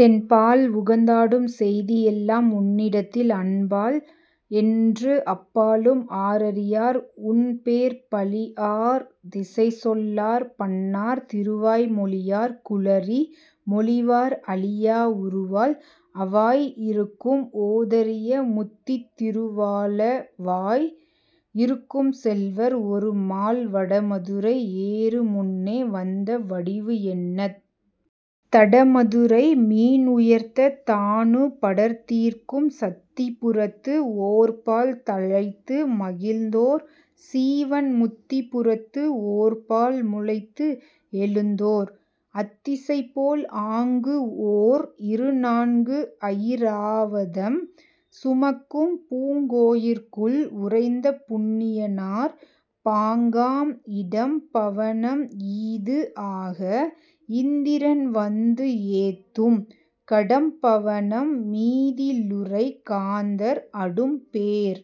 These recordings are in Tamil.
தென்பால் உகந்தாடும் செய்தி எல்லாம் உன்னிடத்தில் அன்பால் என்று அப்பாலும் ஆரறியார் உன்பேர் பழிஆர் திசைச்சொல்லார் பன்னார் திருவாய் மொழியார் குழறி மொழிவார் அழியா உருவால் அவாய் இருக்கும் ஓதரிய முத்தித் திருவாலவாய் இருக்கும் செல்வர் ஒரு மால் வடமதுரை ஏறுமுன்னே வந்த வடிவு என்னத் தடமதுரை மீன்உயர்த்த தாணு படர்தீர்க்கும் சத்திபுரத்து ஓர்பால் தழைத்து மகிழ்ந்தோர் சீவன் முத்திபுரத்து ஓர்பால் முளைத்து எழுந்தோர் அத்திசைபோல் ஆங்குஓர் இருநான்கு அயிராவதம் சுமக்கும் பூங்கோயிற்குள் உறைந்த புண்ணியனார் பாங்காம் இடம் பவனம் ஈது ஆக இந்திரன் வந்து ஏத்தும் கடம்பவனம் மீதிலுறை காந்தர் அடும்பேர்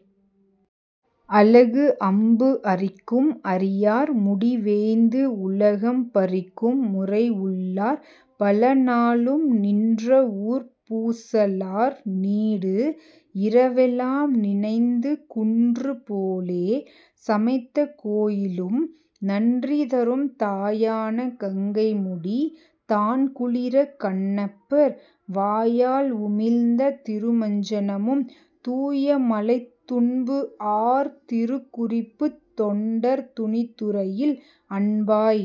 அலகு அம்பு அரிக்கும் அரியார் முடிவேய்ந்து உலகம் பரிக்கும் முறைஉள்ளார் பலநாளும் நின்றவூர்ப் பூசலார் நீடு இரவெலாம் நினைந்து குன்று போலே சமைத்த கோயிலும் நன்றிதரும் தாயான கங்கைமுடி தான் குளிரக் கண்ணப்பர் வாயால் உமிழ்ந்த திருமஞ்சனமும் தூயமழைத் துன்புஆர் திருக்குறிப்புத் தொண்டர் துணித்துறையில் அன்பாய்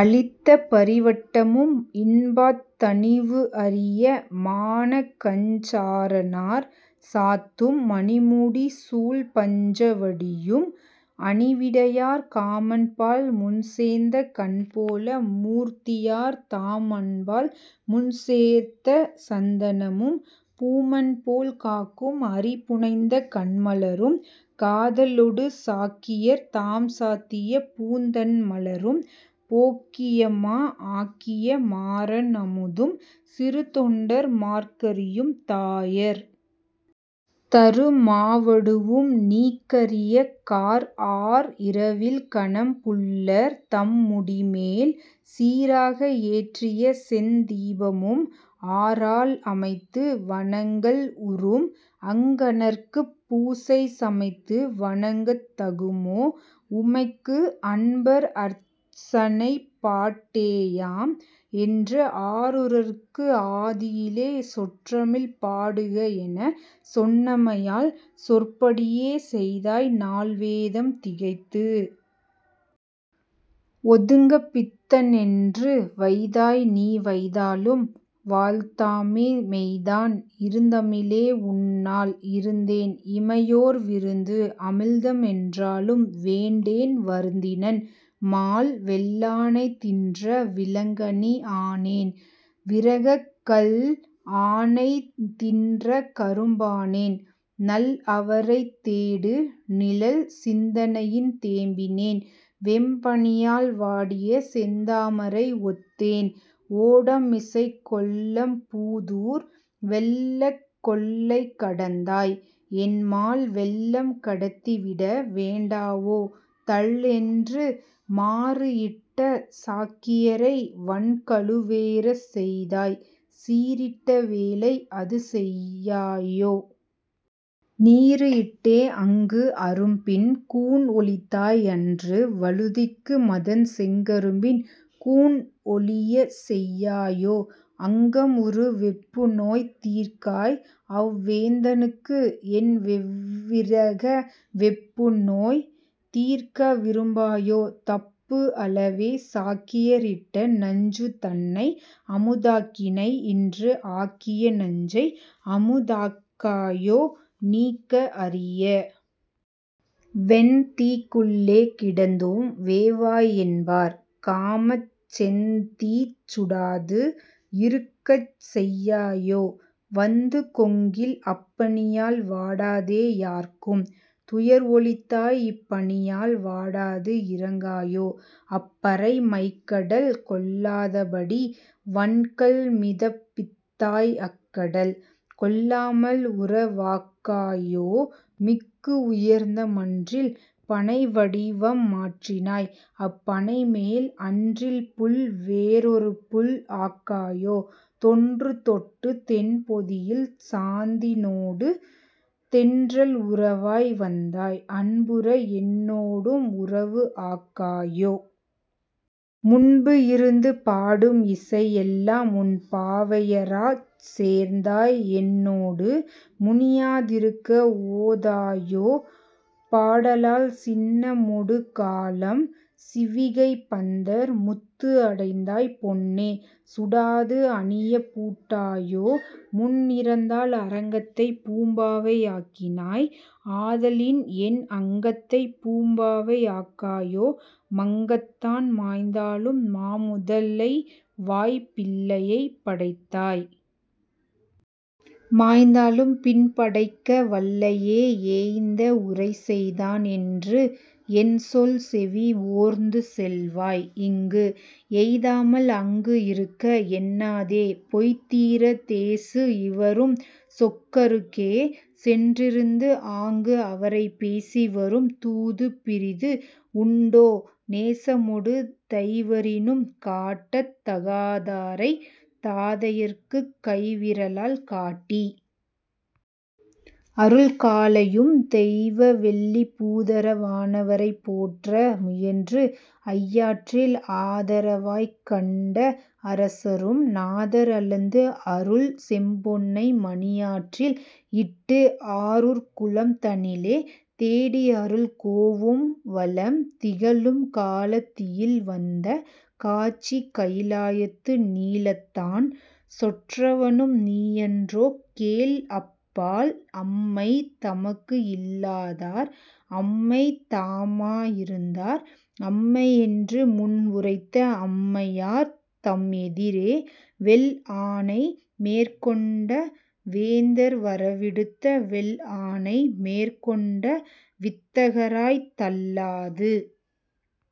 அளித்த பரிவட்டமும் இன்பாத் தணிவுஅரிய மானக்கஞ்சாறணார் சாத்தும் மணிமுடி சூழ் பஞ்சவடியும் அணிவிடையார் காமன்பால் முன்சேந்த கண்போல மூர்த்தியார் தாம் அன்பால் முன்சேர்த்த சந்தனமும் பூமன்போல் காக்கும் அரிபுனைந்த கண்மலரும் காதலொடு சாக்கியர் தாம்சாத்திய பூந்தண்மலரும் போக்கியமா ஆக்கிய மாறன் அமுதும் சிறுத்தொண்டர் மார்க்கறியும் தாயர் தரு மாவடுவும் நீக்கரிய கார்ஆர் இரவில் கணம்புல்லர் தம்முடிமேல் சீராக ஏற்றிய செந்தீபமும் ஆரால் அமைத்து வணங்கல் உறும் அங்கணர்க்குப் பூசை சமைத்து வணங்கத் தகுமோ உமைக்கு அன்பர் அற்சனை பாட்டேயாம் என்று ஆரூரர்க்கு ஆதியிலே சொற்றமிழ் பாடுகஎனச் சொன்னமையால் சொற்படியே செய்தாய் நால்வேதம் திகைத்து ஒதுங்கப் பித்தன்என்று வைதாய் நீ வைதாலும் வாழ்த்தாமே மெய்தான் இருந்தமிழே உன்னால் இருந்தேன் இமையோர் விருந்து அமிழ்தம் என்றாலும் வேண்டேன் வருந்தினன் மால் வெல்லானை தின்ற விளங்கனி ஆனேன் விரகக் கல் ஆனை தின்ற கரும்பானேன் நல் அவரைத் தேடு நிழல் சிந்தனையின் தேம்பினேன் வெம்பனியால் வாடிய செந்தாமரை ஒத்தேன் ஓடம்மிசைக் கொள்ளம்பூதூர் வெள்ளக் கொள்ளை கடந்தாய் என்மால் வெள்ளம் கடத்திவிட வேண்டாவோ தள்என்று மாறுஇட்ட சாக்கியரை வன் கழுவேறச் செய்தாய் சீறிட்ட வேளை அது செய்யாயோ? நீறு இட்டே அங்குஅரும் பின் கூன் ஒழித்தாய் அன்று வழுதிக்கு மதன் செங்கரும்பின் கூந் ஒழியச்செய்யாயோ அங்கம்உறு வெப்புநோய் தீர்க்காய் அவ்வேந்தனுக்கு என்வெவ்விரக வெப்பு நோய் தீர்க்க விரும்பாயோ தப்பு அலவே சாக்கியர் இட்ட நஞ்சுதன்னை அமுதாக்கினை இன்று ஆக்கிய நஞ்சை அமுதாக்காயோ நீக்க அரிய வெந்தீக்குள்ளே கிடந்தும் வேவாய் என்பார் காமச் செந்தீச் சுடாது இருக்கச் செய்யாயோ வந்து கொங்கில் அப்பனியால் வாடாதே யார்க்கும் துயர்ஒழித்தாய் இப்பனியால் வாடாது இரங்காயோ அப்பரை மைக்கடல் கொல்லாதபடி வன்கல் மிதப் பித்தாய் அக்கடல் கொல்லாமல் உறவாக்காயோ மிக்கு உயர்ந்த மன்றில் பனைவடிவம் மாற்றினாய் அப்பனைமேல் அன்றில்புள் வேறொருபுள் ஆக்காயோ தொன்றுதொட்டுத் தென்பொதியில் சாந்தினொடு தென்றல் உறவாய் வந்தாய் அன்புற என்னோடும் உறவு ஆக்காயோ? முன்புஇருந்து பாடும் இசை எல்லாம் உன் பாவையராச் சேர்ந்தாய்என் னோடு முனியாதிருக்க ஓதாயோ பாடலால் சின்னமொடு காளம் சிவிகை பந்தர் முத்துஅடைந்தாய் பொன்னே சுடாது அணியப் பூட்டாயோ முன்இறந்தாள் அங்கத்தைப் பூம்பாவை ஆக்கினாய் ஆதலின்என் அங்கத்தைப் பூம்பாவை ஆக்காயோ மங்கத்தான் மாய்ந்தாலும் மாமுதலைவாய்ப் பிள்ளையைப் படைத்தாய் மாய்ந்தாலும் பின்படைக்க வல்லையே ஏய்ந்தஉரை செய்தான் என்று என்சொல் செவி ஓர்ந்து செல்வாய் இங்கு எய்தாமல் அங்குஇருக்க எண்ணாதே பொய்தீரத் தேசு இவரும் சொக்கருக்கே சென்றிருந்து ஆங்கு அவரைப் பேசி வரும் தூது பிறிது உண்டோ நேசமொடு தைவரினும் காட்டத் தகாதாரைத் தாதையர்க்குக் கைவிரலால் காட்டி அருள்காளையும் தெய்வவெள்ளிப் பூதர வானவரைப் போற்ற முயன்று ஐயாற்றில் ஆதரவாய்க் கன்ட அரசரும்- நாதர் அளந்து அருள் செம்பொன்னை மணியாற்றில் இட்டு ஆரூர்க் குளம் தனிலே தேடிஅருள் கோவும் வளம் திகழும் காளத்தியில் வந்த காட்சி கயிலாயத்து நீளத்தான் சொற்றவனும் நீயன்றோ கேள்அப்பால் அம்மை தமக்கு இல்லாதார் அம்மை தாமா இருந்தார் அம்மை என்று முன்உரைத்த அம்மையார்த் தம்எதிரே வெள்ஆனை மேற்கொண்ட வேந்தர் வரவிடுத்த வெள்ஆனை மேற்கொன்ட வித்தகராய்த் தள்ளாது।